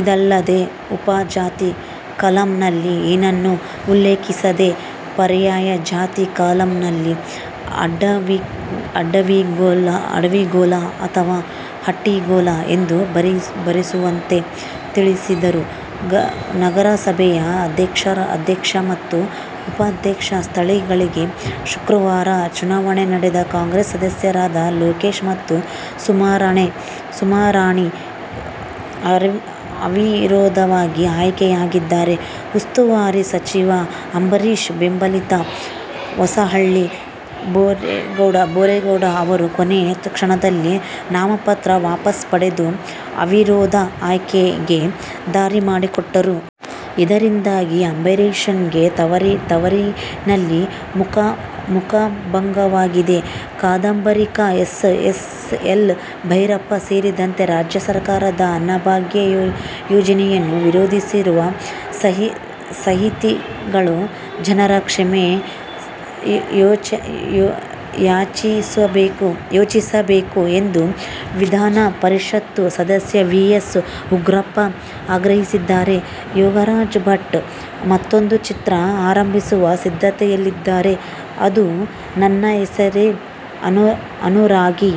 ಇದಲ್ಲದೆ, ಉಪಜಾತಿ ಕಾಲಂನಲ್ಲಿ ಏನನ್ನೂ ಉಲ್ಲೇಖೀಸದೇ, ಪರ್ಯಾಯ ಜಾತಿ ಕಾಲಂನಲ್ಲಿ ಅಡವಿಗೊಲ್ಲ ಅಥವಾ ಹಟ್ಟಿಗೊಲ್ಲ ಎಂದು ಬರೆಸುವಂತೆ ತಿಳಿಸಿದರು. ನಗರಸಭೆಯ ಅಧ್ಯಕ್ಷ ಮತ್ತು ಉಪಾಧ್ಯಕ್ಷ ಸ್ಥಾನಗಳಿಗೆ ಶುಕ್ರವಾರ ಚುನಾವಣೆ ನಡೆದು ಕಾಂಗ್ರೆಸ್ ಸದಸ್ಯರಾದ ಲೋಕೇಶ್ ಮತ್ತು ಸುಮಾರಾಣಿ ಅವಿರೋಧವಾಗಿ ಆಯ್ಕೆಯಾಗಿದ್ದಾರೆ. ಉಸ್ತುವಾರಿ ಸಚಿವ ಅಂಬರೀಶ್ ಬೆಂಬಲಿತ ಹೊಸಹಳ್ಳಿ ಬೋರೇಗೌಡ ಅವರು ಕೊನೆ ಕ್ಷಣದಲ್ಲಿ ನಾಮಪತ್ರ ವಾಪಸ್ ಪಡೆದು, ಅವಿರೋಧ ಆಯ್ಕೆಗೆ ದಾರಿ ಮಾಡಿಕೊಟ್ಟರು. ಇದರಿಂದಾಗಿ ಅಂಬರೀಶ್ಗೆ ತವರಿನಲ್ಲಿ ಮುಖಭಂಗವಾಗಿದೆ. ಕಾದಂಬರಿಕಾರ ಎಸ್. ಎಲ್. ಭೈರಪ್ಪ ಸೇರಿದಂತೆ ರಾಜ್ಯ ಸರ್ಕಾರದ ಅನ್ನಭಾಗ್ಯ ಯೋಜನೆಯನ್ನು ವಿರೋಧಿಸಿರುವ ಸಾಹಿತಿಗಳು ಜನರ ಕ್ಷಮೆ ಯಾಚಿಸಬೇಕು ಎಂದು ವಿಧಾನ ಪರಿಷತ್ ಸದಸ್ಯ ವಿ. ಎಸ್. ಉಗ್ರಪ್ಪ ಆಗ್ರಹಿಸಿದ್ದಾರೆ. ಯೋಗರಾಜ್ ಭಟ್ ಮತ್ತೊಂದು ಚಿತ್ರ ಆರಂಭಿಸುವ ಸಿದ್ಧತೆಯಲ್ಲಿದ್ದಾರೆ. ಅದು "ನನ್ನ ಹೆಸರೇ ಅನುರಾಗಿ'.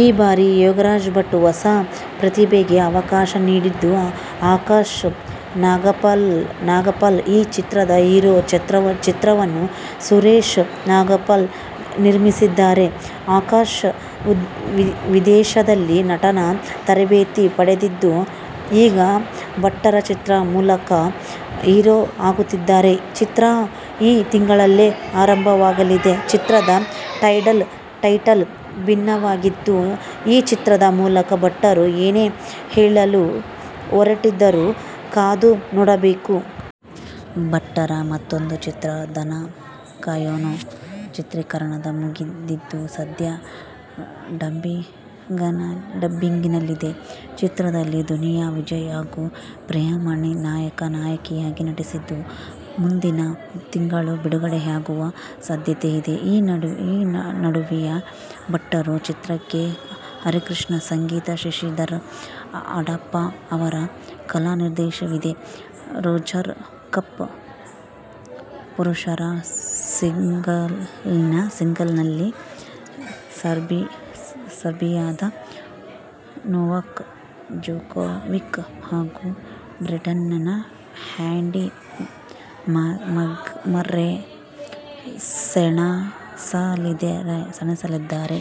ಈ ಬಾರಿ ಯೋಗರಾಜ್ ಭಟ್ ಹೊಸ ಪ್ರತಿಭೆಗೆ ಅವಕಾಶ ನೀಡಿದ್ದು, ಆಕಾಶ್ ನಾಗ್ಪಾಲ್ ಈ ಚಿತ್ರದ ಹೀರೋ. ಚಿತ್ರವನ್ನು ಸುರೇಶ್ ನಾಗ್ಪಾಲ್ ನಿರ್ಮಿಸುತ್ತಿದ್ದಾರೆ. ಆಕಾಶ್ ವಿದೇಶದಲ್ಲಿ ನಟನಾ ತರಬೇತಿ ಪಡೆದಿದ್ದು, ಈಗ ಭಟ್ಟರ ಚಿತ್ರದ ಮೂಲಕ ಹೀರೋ ಆಗುತ್ತಿದ್ದಾರೆ. ಚಿತ್ರ ಈ ತಿಂಗಳಲ್ಲೇ ಆರಂಭವಾಗಲಿದೆ. ಚಿತ್ರದ ಟೈಟಲ್ ಭಿನ್ನವಾಗಿದ್ದು, ಈ ಚಿತ್ರದ ಮೂಲಕ ಭಟ್ಟರು ಏನು ಹೇಳಲು ಹೊರಟಿದ್ದಾರೋ ಕಾದು ನೋಡಬೇಕು. ಭಟ್ಟರ ಮತ್ತೂಂದು ಚಿತ್ರ "ದನ ಕಾಯೋನು' ಚಿತ್ರೀಕರಣ ಮುಗಿದಿದ್ದು, ಸದ್ಯ ಡಬ್ಬಿಂಗ್ನಲ್ಲಿದೆ. ಚಿತ್ರದಲ್ಲಿ ದುನಿಯಾ ವಿಜಯ್ ಹಾಗೂ ಪ್ರಿಯಾಮಣಿ ನಾಯಕ-ನಾಯಕಿಯಾಗಿ ನಟಿಸಿದ್ದು, ಮುಂದಿನ ತಿಂಗಳು ಬಿಡುಗಡೆಯಾಗುವ ಸಾಧ್ಯತೆ ಇದೆ. ಈ ನಡುವೆಯೇ ಭಟ್ಟರು ಚಿತ್ರಕ್ಕೆ ಹರಿಕೃಷ್ಣ ಸಂಗೀತ, ಶಶಿಧರ ಅಡಪ ಅವರ ಕಲಾ ನಿರ್ದೇಶನವಿದೆ. ರೋಜರ್ ಕಪ್' ಪುರುಷರ ಸಿಂಗಲ್ಸ್ನಲ್ಲಿ ಸರ್ಬಿಯಾದ ನೊವಾಕ್ ಜೊಕೋವಿಕ್ ಹಾಗೂ ಬ್ರಿಟನ್ನಿನ ಆ್ಯಂಡಿ ಮರ್ರೆ ಸೆಣಸಲಿದ್ದಾರೆ.